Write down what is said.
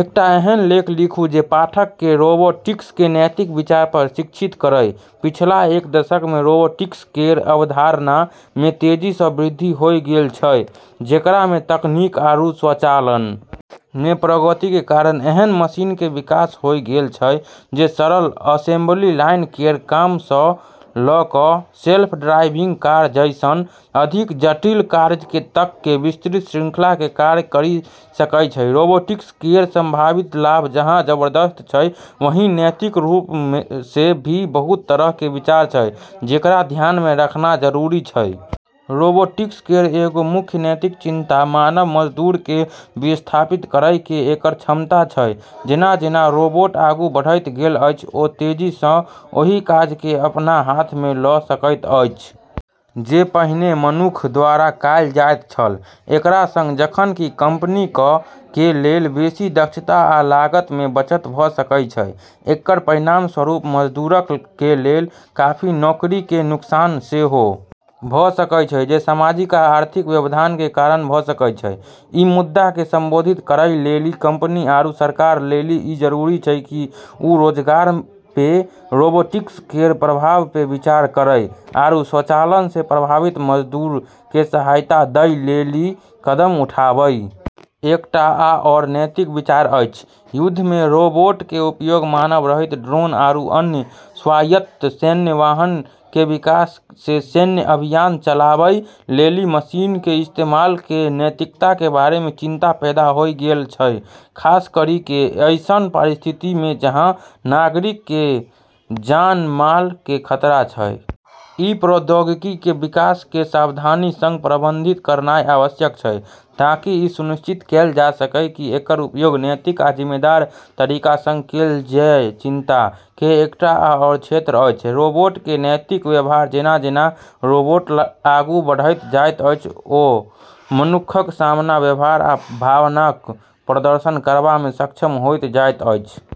एकटा एहन लेख लिखू जे पाठक के रोबोटिक्स के नैतिक विचार पर शिक्षित करय पिछला एक दशक मे रोबोटिक्स केरऽ अवधारणा मे तेजी स॑ वृद्धि होय गेलऽ छै जेकरा मे तकनीक आरू स्वचालन मे प्रगति के कारण ऐन्हऽ मशीन के विकास होय गेलऽ छै जे सरल असेंबली लाइन केरऽ काम स ल क सेल्फ ड्राइविंग कार जैसनऽ अधिक जटिल कार्य तक के विस्तृत श्रृंखला के कार्य करी सकै छै, रोबोटिक्स केरऽ संभावित लाभ जहाँ जबरदस्त छै, वहीं नैतिक रूप से भी बहुत तरह के विचार छै जेकरा ध्यान मे रखना जरूरी छै। रोबोटिक्स केरऽ एगो मुख्य नैतिक चिंता मानव मजदूरऽ के विस्थापित करै के एकरऽ क्षमता छै जेना-जेना रोबोट आगू बढ़ैत गेल अछि ओ तेजी सं ओहि काज के अपना हाथ मे ल' सकैत अछि जे पहिने मनुक्ख द्वारा कयल जाइत छल, एकरा सं जखन कि कंपनीक कें लेल बेसि दक्षता आ लागत मे बचत भ सकय छै, एकर परिणामस्वरूप मजदूरक कें लेल काफी नौकरी कें नुकसान सेहो भ सकय छै जे सामाजिक आ आर्थिक व्यवधान कें कारण भ सकय छै, ई मुद्दा के संबोधित करै लेली कंपनी आरू सरकारऽ लेली ई जरूरी छै कि वू रोजगार पे रोबोटिक्स केरऽ प्रभाव पे विचार करै आरू स्वचालन से प्रभावित मजदूरऽ के सहायता दै लेली कदम उठाबै। एकटा आओर नैतिक विचार अछि युद्ध मे रोबोट के उपयोग मानव रहित ड्रोन आरू अन्य स्वायत्त सैन्य वाहन के विकास से सैन्य अभियान चलाबै लेली मशीन के इस्तेमाल के नैतिकता के बारे मे चिंता पैदा होय गेलऽ छै, खास करी के ऐसनऽ परिस्थिति मे जहाँ नागरिकऽ के जानमाल के खतरा छै। इ प्रौद्योगिकी कें विकास कें सावधानी सं प्रबंधित करनाय आवश्यक छै ताकि इ सुनिश्चित कैल जा सकय की एकर उपयोग नैतिक आ जिम्मेदार तरीका सं कैल जै चिंता के एकटा आओर क्षेत्र अछि रोबोट के नैतिक व्यवहार जेना-जेना रोबोट आगू बढ़ैत जाइत अछि, ओ मनुक्खक समान व्यवहार आ भावनाक प्रदर्शन करबा मे सक्षम होइत जाइत अछि।